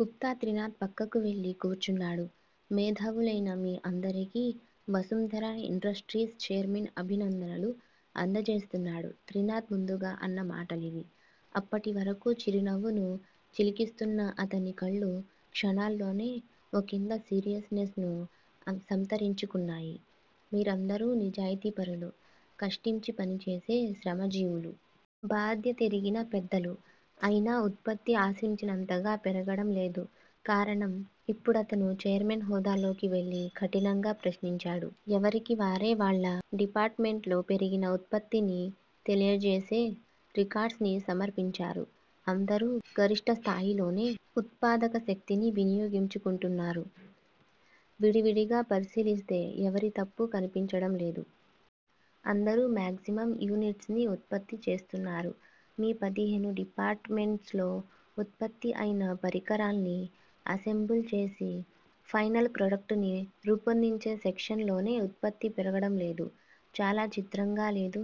గుప్తా త్రినాధ్ పక్కకు వెళ్ళి కూర్చున్నాడు. మేధావులైన మీ అందరికీ వసుంధరా ఇండస్ట్రీస్ చైర్మెన్ అభినందనలు అందజేస్తున్నాడు త్రినాధ్ ముందుగా అన్న మాటలివి. అప్పటివరకూ చిరునవ్వును చిలికిస్తున్న అతని కళ్ళు క్షణాల్లోనే ఒకింత సీరియస్ నెస్ ను సంతరించుకున్నాయి. మీరందరూ నిజాయితీపరులు, కష్టించి పనిచేసే శ్రమజీవులు. బాధ్యతెరిగిన పెద్దలు. అయినా ఉత్పత్తి ఆశించినంతగా పెరగడం లేదు. కారణం? ఇప్పుడతను చైర్మన్ హోదాలోకి వెళ్ళి కఠినంగా ప్రశ్నించాడు. ఎవరికి వారే వాళ్ళ డిపార్టుమెంట్స్ లో పెరిగిన ఉత్పత్తిని తెలియజేసే రికార్డ్స్ ని సమర్పించారు. అందరూ గరిష్టస్థాయిలోనే ఉత్పాదక శక్తిని వినియోగించుకుంటున్నారు. విడివిడిగా పరిశీలిస్తే ఎవరి తప్పూ కనిపించడం లేదు. అందరూ మాగ్జిమమ్ యూనిట్స్ ని ఉత్పత్తి చేయిస్తున్నారు. మీ పదిహేను డిపార్ట్ మెంట్స్ లో ఉత్పత్తి అయిన పరికరాల్ని అసెంబుల్ చేసి ఫైనల్ ప్రోడక్ట్ ని రూపొందించే సెక్షన్ లోనే ఉత్పత్తి పెరగడంలేదు. చాలా చిత్రంగా లేదు?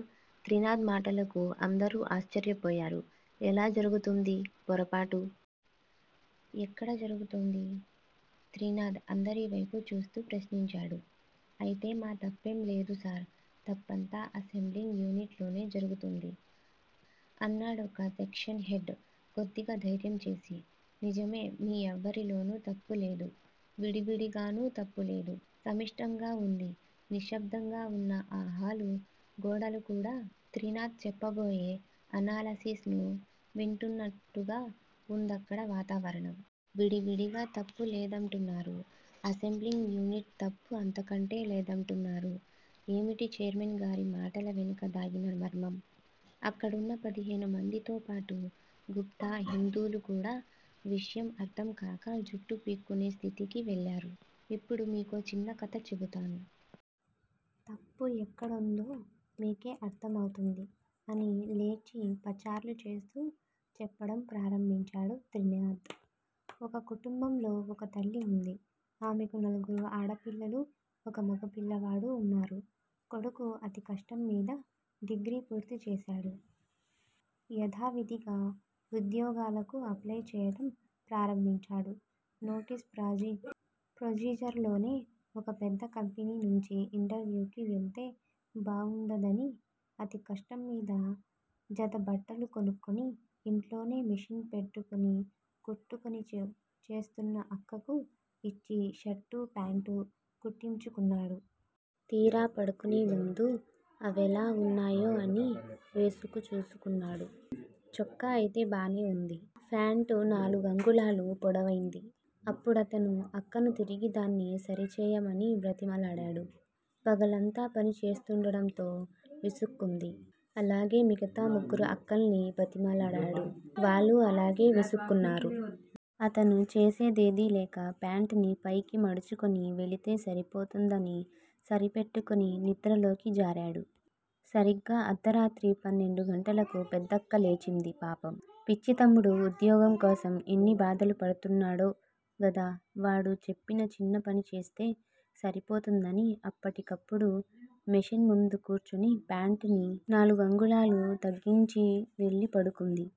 త్రినాధ్ మాటలకు అందరూ ఆశ్చర్యపోయారు. ఎలా జరుగుతోంది పొరపాటు? ఎక్కడ జరుగుతోంది? త్రినాధ్ అందరివైపూ చూస్తూ ప్రశ్నించాడు. అయితే మా తప్పేం లేదు సార్. తప్పంతా అసెంబ్లింగ్ యూనిట్ లోనే జరుగుతోంది అన్నాడొక సెక్షన్ హెడ్ కొద్దిగా ధైర్యం చేసి. నిజమే- మీ ఎవ్వరిలోనూ తప్పులేదు. విడివిడిగానూ తప్పు లేదు సమిష్టిగా వుంది నిశ్శబ్దంగా వున్న ఆ హాలు గోడలు కూడా త్రినాధ్ చెప్పబోయే అనాలసిస్ ను వింటున్నట్టుగా వుందక్కడ వాతావరణం. విడివిడిగా తమ తప్పు లేదంటున్నారు. అసెంబ్లింగ్ యూనిట్ తప్పు అంతకంటే లేదంటున్నారు. ఏమిటి చైర్మన్ గారి మాటల వెనుక దాగిన మర్మం? అక్కడున్న పదిహేనుమందితోపాటు గుప్తా, హిందూలు కూడా విషయం అర్ధం కాక జుట్టు పీక్కునే స్థితికి వెళ్ళారు. ఇప్పుడు మీకో చిన్న కథ చెబుతాను. తప్పు ఎక్కడుందో మీకే అర్ధమయిపోతుంది అని లేచి పచార్లు చేస్తూ చెప్పడం ప్రారంభించాడు త్రినాధ్. ఒక కుటుంబంలో ఒక తల్లి వుంది. ఆమెకు నలుగురు ఆడపిల్లలు, ఒక మగపిల్లవాడు వున్నారు. కొడుకు అతికష్టంమీద డిగ్రీ పూర్తిచేశాడు. యధావిధిగా ఉద్యోగాలకు అప్లై చేయడం ప్రారంభించాడు. రొటీన్ ప్రొసీజర్ లోనే ఓ పెద్ద కంపెనీ నుంచి ఇంటర్వ్యూకి వెళ్తే బావుండదని అతికష్టంమీద జత బట్టలు కొనుక్కుని, ఇంట్లోనే మెషిన్ పెట్టుకుని కుట్టుకుని చేస్తున్న అక్కకు ఇచ్చి షర్ట్, పాంట్ కుట్టించుకున్నాడు. తీరా పడుకునేముందు అవెలా వున్నాయో అని వేసుకు చూసుకున్నాడు. చొక్కా అయితే బానే వుంది. కాని, పాంట్ నాలుగంగుళాలు పొడవైంది. అప్పుడతను అక్కను తిరిగి దాన్ని సరిచేయమని బ్రతిమిలాడాడు. ఆమె పగలంతా పని చేస్తుండడంతో విసుక్కుంది. అలాగే మిగతా ముగ్గురు అక్కల్ని బ్రతిమిలాడాడు. వాళ్ళూ అలాగే విసుక్కున్నారు. అతను చేసేదిలేక పాంట్ ని పైకి మడుచుకుని వెళితే సరిపోతుందని సరిపెట్టుకుని నిద్రలోకి జారాడు. సరీగ్గా అర్దరాత్రి పన్నెండు గంటలకు పెద్దక్క లేచింది. పాపం! పిచ్చి తమ్ముడు, ఉద్యోగం కోసం ఎన్ని బాధలు పడుతున్నాడో గదా వాడు చెప్పిన చిన్న పని చేస్తే సరిపోతుందని అప్పటికప్పుడు మెషిన్ ముందు కూర్చుని పాంట్ ని నాలుగంగుళాలు తగ్గించి వెళ్ళి పడుకుంది.